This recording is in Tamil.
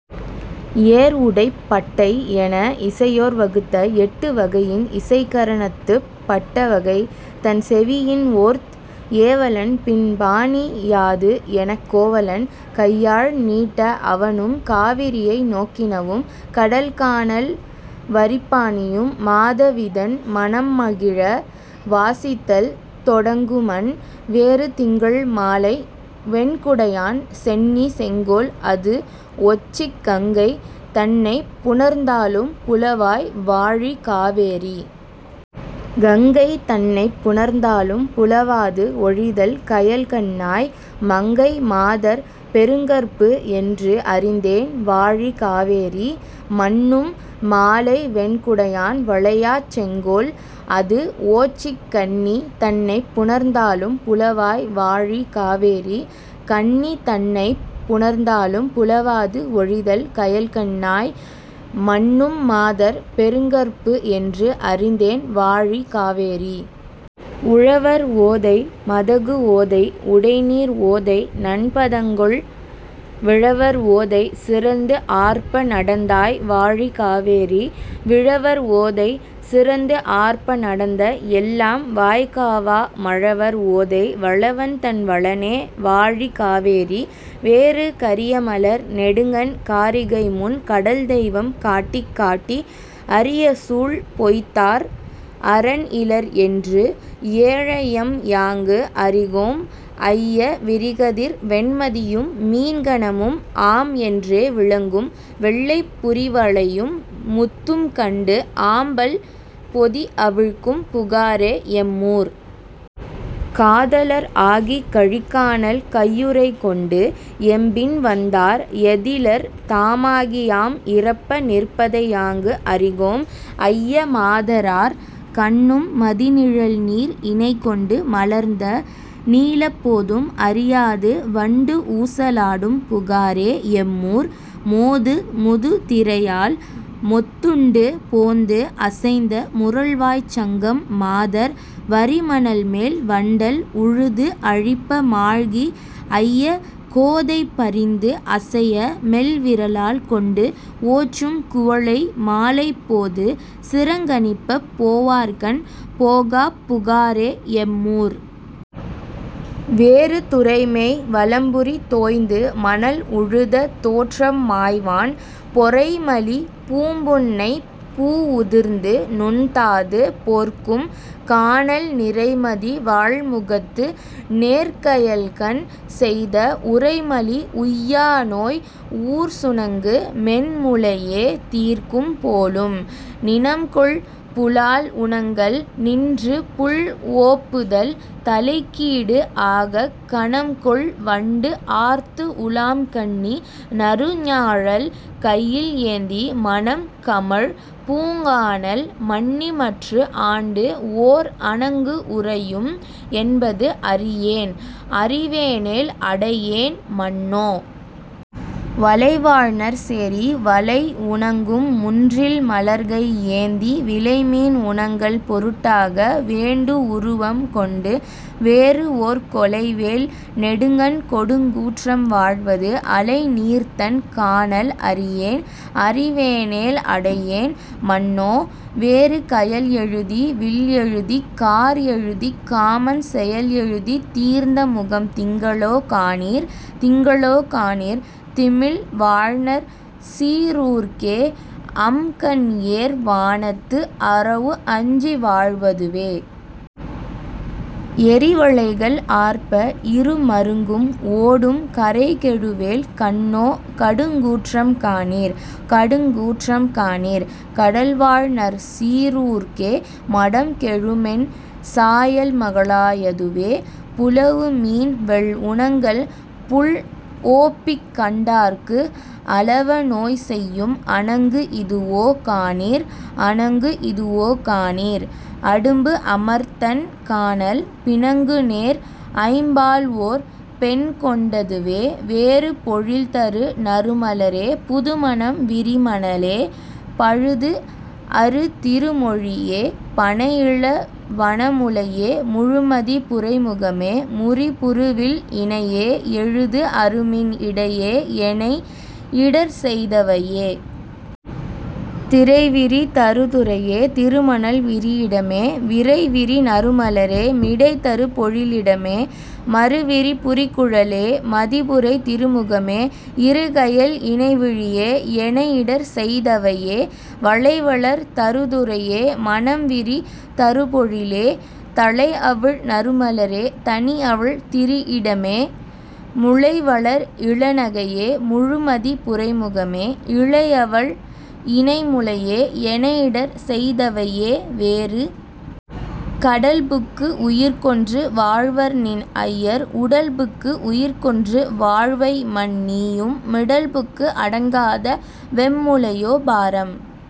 ஏர்உடைப் பட்டடைஎன இசையோர் வகுத்த எட்டு வகையின் இசைக்கர ணத்துப் பட்டவகைதன் செவியின்ஓர்த் ஏவலன், பின் பாணி யாதுஎனக் கோவலன் கையாழ் நீட்ட, அவனும் காவிரியை நோக்கினவும் கடல்கானல் வரிப்பாணியும் மாதவிதன் மனம்மகிழ வாசித்தல் தொடங்குமன். வேறு திங்கள் மாலை வெண்குடையான் சென்னி செங்கோல் அதுஒச்சிக் கங்கை தன்னைப் புணர்ந்தாலும் புலவாய் வாழி காவேரி. கங்கை தன்னைப் புணர்ந்தாலும் புலவாது ஒழிதல் கயல்கண்ணாய். மங்கை மாதர் பெருங்கற்புஎன்று அறிந்தேன் வாழி காவேரி. மன்னும் மாலை வெண்குடையான் வளையாச் செங்கோல் அதுஓச்சிக் கன்னி தன்னைப் புணர்ந்தாலும் புலவாய் வாழி காவேரி. கன்னி தன்னைப் புணர்ந்தாலும் புலவாது ஒழிதல் கயல்கண்ணாய். மன்னும் மாதர் பெருங்கற்புஎன்று அறிந்தேன் வாழி காவேரி. உழவர் ஓதை மதகுஓதை உடைநீர் ஓதை தண்பதங்கொள் விழவர் ஓதை சிறந்துஆர்ப்ப நடந்தாய் வாழி காவேரி. விழவர் ஓதை சிறந்துஆர்ப்ப நடந்த எல்லாம் வாய்காவா மழவர் ஓதை வளவன்தன் வளனே வாழி காவேரி. வேறு கரியமலர் நெடுங்கண் காரிகைமுன் கடல்தெய்வம் காட்டிக் காட்டி அரியசூள் பொய்த்தார் அறன்இலர்என்று ஏழையம்யாங்கு அறிகோம் ஐய விரிகதிர் வெண்மதியும் மீன்கணமும் ஆம்என்றே விளங்கும் வெள்ளைப் புரிவளையும் முத்தும்கண்டு ஆம்பல் பொதிஅவிழ்க்கும் புகாரே எம்மூர். காதலர் ஆகிக் கழிக்கானல் கையுறைகொண்டு எம்பின் வந்தார் ஏதிலர் தாமாகி யாம்இரப்ப நிற்பதையாங்கு அறிகோம் ஐய மாதரார் கண்ணும் மதிநிழல்நீர் இணைகொண்டு மலர்ந்த நீலப் போதும் அறியாது வண்டுஊச லாடும் புகாரே எம்மூர். மோது முதுதிரையால் மொத்துண்டு போந்துஅசைந்த முரல்வாய்ச் சங்கம் மாதர் வரிமணல்மேல் வண்டல் உழுதுஅழிப்ப மாழ்கி ஐய கோதை பரிந்துஅசைய மெல்விரலால் கொண்டுஓச்சும் குவளை மாலைப் போது சிறங்கணிப்பப் போவார்கண் போகாப் புகாரே எம்மூர். வேறு துறைமேய் வலம்புரி தோய்ந்து மணல்உழுத தோற்றம் மாய்வான் பொறைமலி பூம்புன்னைப் பூஉதிர்ந்து நுண்தாது போர்க்கும் கானல் நிறைமதி வாள்முகத்து நேர்க்கயல்கண் செய்த உறைமலி உய்யாநோய் ஊர்சுணங்கு மென்முலையே தீர்க்கும் போலும். நிணம்கொள் புலால்உணங்கல் நின்றுபுள் ஓப்புதல் தலைக்கீடு ஆகக் கணம்கொள் வண்டுஆர்த்து உலாம்கன்னி நறுஞாழல் கையில் ஏந்தி மணம்கமழ் பூங்கானல் மன்னிமற்று ஆண்டுஓர் அணங்குஉறையும் என்பது அறியேன் அறிவேனேல் அடையேன் மன்னோ. வலைவாழ்நர் சேரி வலைஉணங்கும் முன்றில் மலர்கை ஏந்தி விலைமீன் உணங்கல் பொருட்டாக வேண்டுஉருவம் கொண்டு வேறுஓர் கொலைவேல் நெடுங்கண் கொடுங்கூற்றம் வாழ்வது அலைநீர்த்தண் கானல் அறியேன் அறிவேனேல் அடையேன் மன்னோ. வேறு கயல்எழுதி வில்எழுதிக் கார்எழுதிக் காமன் செயல்எழுதித் தீர்ந்தமுகம் திங்களோ காணீர். திங்களோ காணீர் திமில்வாழ்நர் சீறூர்க்கே அம்கண்ஏர் வானத்து அரவுஅஞ்சி வாழ்வதுவே. எறிவளைகள் ஆர்ப்ப இருமருங்கும் ஓடும் கறைகெழுவேல் கண்ணோ கடுங்கூற்றம் காணீர். கடுங்கூற்றம் காணீர் கடல்வாழ்நர் சீறூர்க்கே மடம்கெழுமென் சாயல் மகளா யதுவே. புலவுமீன் வெள்உணங்கல் புள்ஓப்பிக் கண்டார்க்கு அலவநோய் செய்யும் அணங்குஇதுவோ காணீர். அணங்குஇதுவோ காணீர் அடும்புஅமர்த்தண் கானல் பிணங்குநேர் ஐம்பால்ஓர் பெண்கொண் டதுவே. வேறு பொழில்தரு நறுமலரே புதுமணம் விரிமணலே பழுதுஅறு திருமொழியே பணைஇள வனமுலையே முழுமதி புரைமுகமே முரிபுரு வில்இணையே எழுதுஅரு மின்இடையே எனைஇடர் செய்தவையே. திரைவிரி தருதுறையே திருமணல் விரிஇடமே விரைவிரி நறுமலரே மிடைதரு பொழில்இடமே மருவிரி புரிகுழலே மதிபுரை திருமுகமே இருகயல் இணைவிழியே எனைஇடர் செய்தவையே. வளைவளர் தருதுறையே மணம்விரி தருபொழிலே தளைஅவிழ் நறுமலரே தனிஅவள் திரிஇடமே முளைவளர் இளநகையே முழுமதி புரைமுகமே இளையவள் இணைமுலையே எனைஇடர் செய்தவையே. வேறு கடல்புக்கு உயிர்க்கொன்று வாழ்வர்நின் ஐயர் உடல்புக்கு உயிர்க்கொன்று வாழ்வைமன் நீயும் மிடல்புக்கு அடங்காத வெம்முலையோ பாரம்